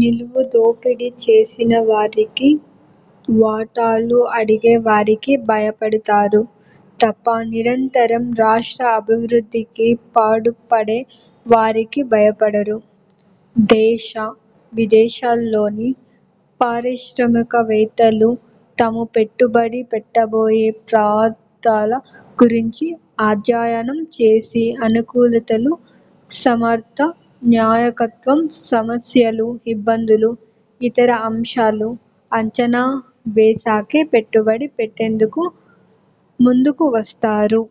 నిలువు దోపిడీ చేసిన వారికి, వాటాలు అడిగే వారికి భయపడుతారు తప్ప నిరంతరం రాష్ట్రాభివృద్ధికి పాటుపడే వారికి భయపడరు. దేశ, విదేశాల్లోని పారిశ్రామికవేత్తలు తాము పెట్టుబడి పెట్టబోయే ప్రాంతాల గురించి అధ్యయనం చేసి అనుకూలతలు, సమర్ధ నాయకత్వం, సమస్యలు, ఇబ్బందులు, ఇతర అంశాలు అంచనా వేశాకే పెట్టుబడి పెట్టేందుకు ముందుకు వస్తారు.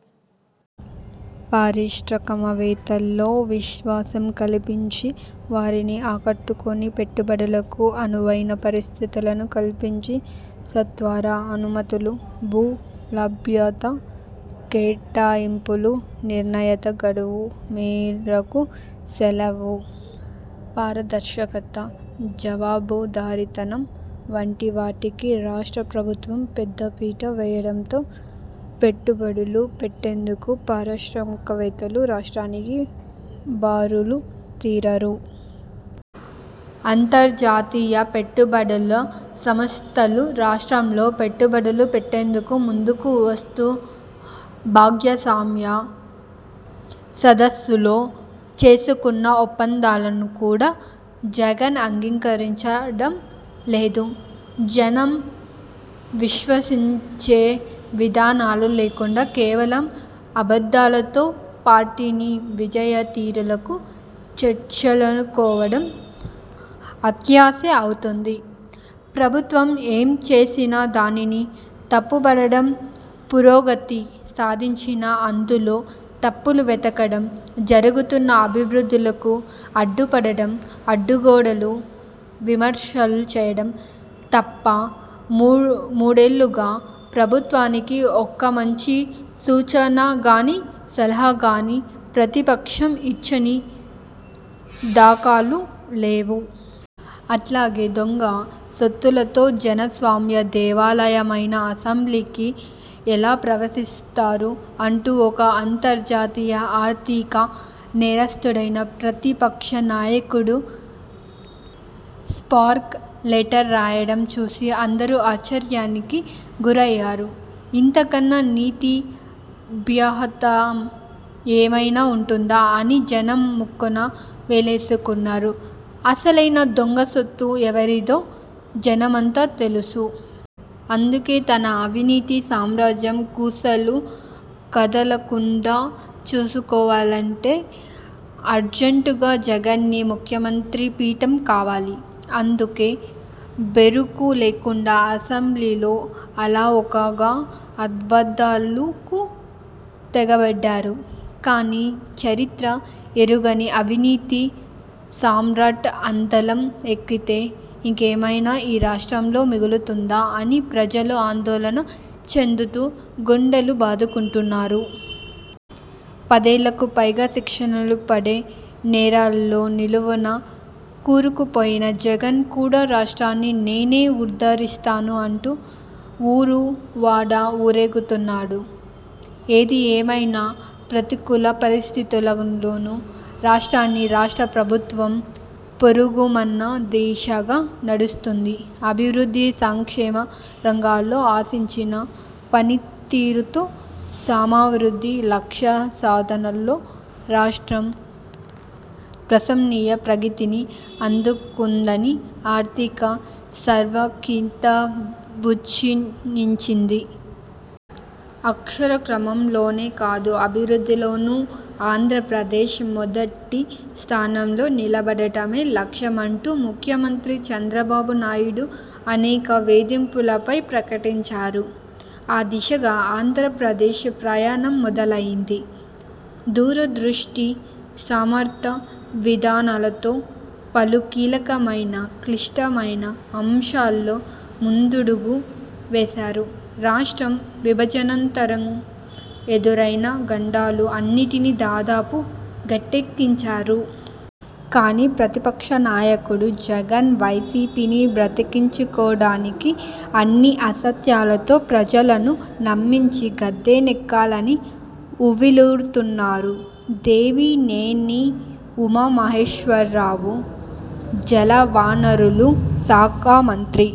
పారిశ్రామికవేత్తల్లో విశ్వాసం కల్పించి వారిని ఆకట్టుకొని పెట్టుబడులకు అనువైన పరిస్థితులను కల్పించి సత్వర అనుమతులు, భూ లభ్యత, కేటాయింపులు నిర్ణీత గడువు మేరకు సేవలు, పారదర్శకత, జవాబుదారీతనం వంటి వాటికి రాష్ట్ర ప్రభుత్వం పెద్ద పీట వేయటంతో పెట్టుబడులు పెట్టేందుకు పారిశ్రామికవేత్తలు రాష్ట్రానికి బారులు తీరారు. అంతర్జాతీయ పెట్టుబడుల సంస్థలు రాష్ట్రంలో పెట్టుబడులు పెట్టేందుకు ముందుకు వస్తూ భాగస్వామ్య సదస్సులో చేసుకున్న ఒప్పందాలను కూడా జగన్ అంగీకరించడం లేదు. జనం విశ్వసించే విధానాలు లేకుండా కేవలం అబద్ధాలతో పార్టీని విజయ తీరాలకు చేర్చాలనుకోవడం అత్యాశే అవుతుంది. ప్రభుత్వం ఏం చేసినా దానిని తప్పుబట్టడం, పురోగతి సాధించినా అందులో తప్పులు వెతకడం, జరుగుతున్న అభివృద్ధికి అడ్డుపడటం, అడ్డగోలు విమర్శలు చేయడం తప్ప మూడేళ్లుగా ప్రభుత్వానికి ఒక్క మంచి సూచనగానీ, సలహా గానీ ప్రతిపక్షం ఇచ్చిన దాఖలాలు లేవు. అట్లాగే దొంగ సొత్తుతో జనస్వామ్య దేవాలయమైన అసెంబ్లీలోకి ఎలా ప్రవేశిస్తారు అంటూ ఒక అంతర్జాతీయ ఆర్థిక నేరస్థుడైన ప్రతిపక్ష నాయకుడు స్పీకర్కు లెటర్ రాయటం చూసి అందరూ ఆశ్చర్యానికి గురయ్యారు. ఇంతకన్నా నీతి బాహ్యత ఏమన్నా వుంటుందా అని జనం ముక్కున వేలేసుకున్నారు. అసలైన దొంగసొత్తు ఎవరిదో జగమంతా తెలుసు. అందుకే తన అవినీతి సామ్రాజ్యం కూసాలు కదలకుండా చూసుకోవాలంటే అర్జెంటుగా జగన్కి ముఖ్యమంత్రి పీఠం కావాలి. అందుకే బెరుకు లేకుండా అసెంబ్లీలో అలవోకగా అబద్ధాలకు తెగబడ్డారు. కానీ చరిత్ర ఎరుగని అవినీతి సామ్రాట్ అందలం ఎక్కితే ఇంకేమైనా ఈ రాష్ట్రంలో మిగులుతుందా అని ప్రజలు ఆందోళన చెందుతూ గుండెలు బాదుకుంటున్నారు. పదేళ్లకు పైగా శిక్షలు పడే నేరాల్లో నిలువునా కూరుకుపోయిన జగన్ కూడా రాష్ట్రాన్ని నేనే ఉద్ధరిస్తాను అంటూ ఊరూ, వాడా ఊరేగుతున్నాడు. ఏది ఏమైనా ప్రతికూల పరిస్థితుల్లోనూ రాష్ట్రాన్ని రాష్ట్ర ప్రభుత్వం పురోగమన దిశగా నడిపిస్తుంది. అభివృద్ధి సంక్షేమ రంగాల్లో ఆశించిన పనితీరుతో సమవృద్ధి లక్ష్య సాధనలో రాష్ట్రం ప్రశంసనీయ ప్రగతిని అందుకుందని ఆర్థిక సర్వే కితాబునిచ్చింది. అక్షర క్రమంలోనే కాదు అభివృద్ధిలోను ఆంధ్రప్రదేశ్ మొదటి స్థానంలో నిలపటమే లక్ష్యమంటూ ముఖ్యమంత్రి చంద్రబాబు నాయుడు అనేక వేదికలపై ప్రకటించారు. ఆ దిశగా ఆంధ్రప్రదేశ్ ప్రయాణం మొదలైంది. దూరదృష్టి, సమర్థ విధానాలతో పలు కీలకమైన, క్లిష్టమైన అంశాల్లో ముందడుగు వేశారు. రాష్ట్ర విభజనానంతరం ఎదురైన గండాలు అన్నిటినీ దాదాపు గట్టెక్కించారు. కానీ ప్రతిపక్ష నాయకుడు జగన్ వైసీపీని బతికించుకోడానికి అన్ని అసత్యాలతో ప్రజలను నమ్మించి గద్దె నెక్కాలని ఉవ్విళ్లూరుతున్నారు. దేవినేని ఉమా మహేశ్వరరావు జలవనరుల శాఖ మంత్రి